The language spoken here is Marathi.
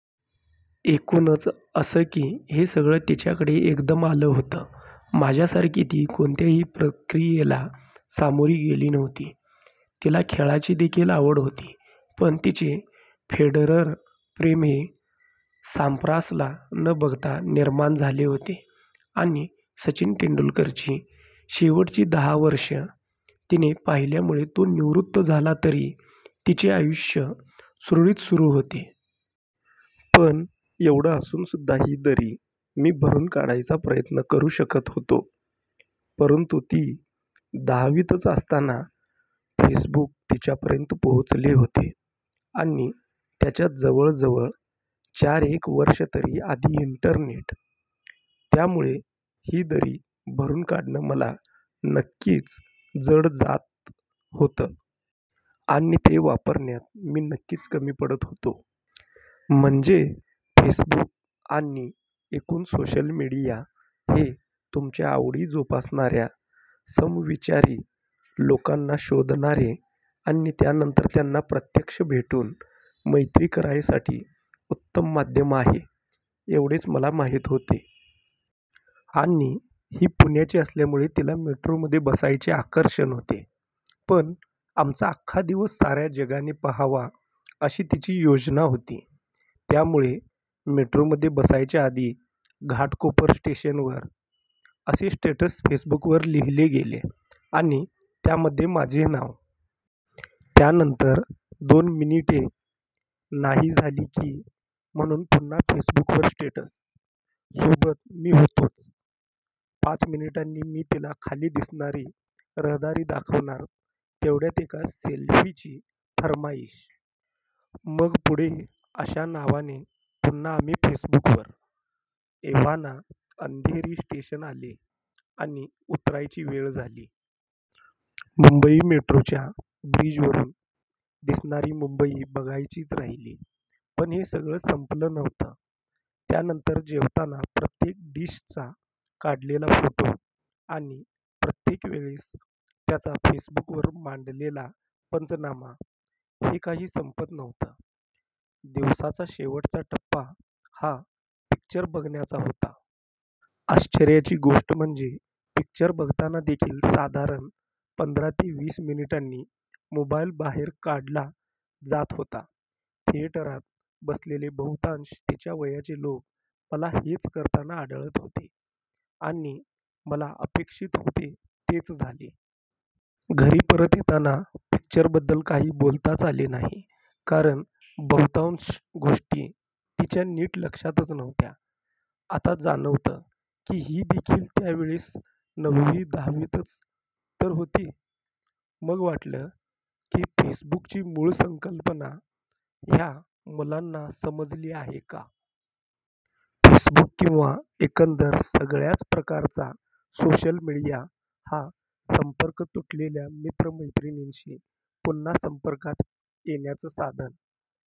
एकूणच असं की हे सगळं तिच्याकडे एकदम आलं होतं. माझ्यासारखी ती कोणत्याही प्रक्रियेला सामोरी गेली नव्हती. तिला खेळाची देखील आवड होती. पण तिचे फेडरर-प्रेम हे साम्प्रासला न बघता निर्माण झाले होते आणि सचिन तेंडुलकरची शेवटची दहा वर्षं तिने पाहिल्यामुळे तो निवृत्त झाला तरी तिचे आयुष्य सुरळीत सुरू होते. पण एवढं असून सुद्धा ही दरी मी भरून काढायचा प्रयत्न करू शकत होतो. परंतु ती दहावीतच असताना फेसबुक तिच्यापर्यंत पोहोचले होते आणि त्याच्या जवळ जवळ चार एक वर्ष तरी आधी इंटरनेट. त्यामुळे ही दरी भरून काढणं मला नक्कीच जड जात होतं. आणि ते वापरण्यात मी नक्कीच कमी पडत होतो. म्हणजे फेसबुक आणि एकूण सोशल मीडिया हे तुमच्या आवडी जोपासणाऱ्या, समविचारी लोकांना शोधणारे आणि त्यानंतर त्यांना प्रत्यक्ष भेटून मैत्री करायसाठी उत्तम माध्यम आहे एवढेच मला माहिती होते. आणि ही पुण्याची असल्यामुळे तिला मेट्रोमध्ये बसायचे आकर्षण होते. पण आमचा अख्खा दिवस साऱ्या जगाने पाहावा अशी तिची योजना होती. त्यामुळे मेट्रोमध्ये बसायच्या आधी घाटकोपर स्टेशनवर असे स्टेटस फेसबुकवर लिहिले गेले आणि त्यामध्ये माझे नाव. त्यानंतर दोन मिनिटे नाही झाली की म्हणून पुन्हा फेसबुक स्टेटस. सोबत मी होतोच. पाच मिनिटांनी मी तिला खाली दिसणारी रहदारी दाखवणार तेवढ्यात एका सेल्फीची फर्माईश. मग पुढे अशा नावाने पुन्हा आम्ही फेसबुकवर. एव्हाना अंधेरी स्टेशन आले आणि उतरायची वेळ झाली. मुंबई मेट्रोच्या ब्रिजवरून दिसणारी मुंबई बघायचीच राहिली. पण हे सगळं संपलं नव्हतं. त्यानंतर जेवताना प्रत्येक डिशचा काढलेला फोटो आणि प्रत्येक वेळेस त्याचा फेसबुकवर मांडलेला पंचनामा हे काही संपत नव्हतं. दिवसाचा शेवटचा टप्पा हा पिक्चर बघण्याचा होता. आश्चर्याची गोष्ट म्हणजे पिक्चर बघताना देखील साधारण दर पंधरा ते वीस मिनिटांनी मोबाईल बाहेर काढला जात होता. थिएटरात बसलेले बहुतांश तिच्या वयाचे लोक मला हेच करताना आढळत होते. आणि मला अपेक्षित होते तेच झाले. घरी परत येताना पिक्चरबद्दल काही बोलताच आले नाही. कारण बहुतांश गोष्टी तिच्या नीट लक्षातच नव्हत्या. आता जाणवतं की ही देखील त्या वेळेस नववी-दहावीतच तर होती. मग वाटलं की फेसबुकची मूळ संकल्पना ह्या मुलांना समजली आहे का? फेसबुक किंवा एकंदर सगळ्याच प्रकारचा सोशल मीडिया हा संपर्क तुटलेल्या मित्र-मैत्रिणींशी पुन्हा संपर्कात येण्याचं साधन.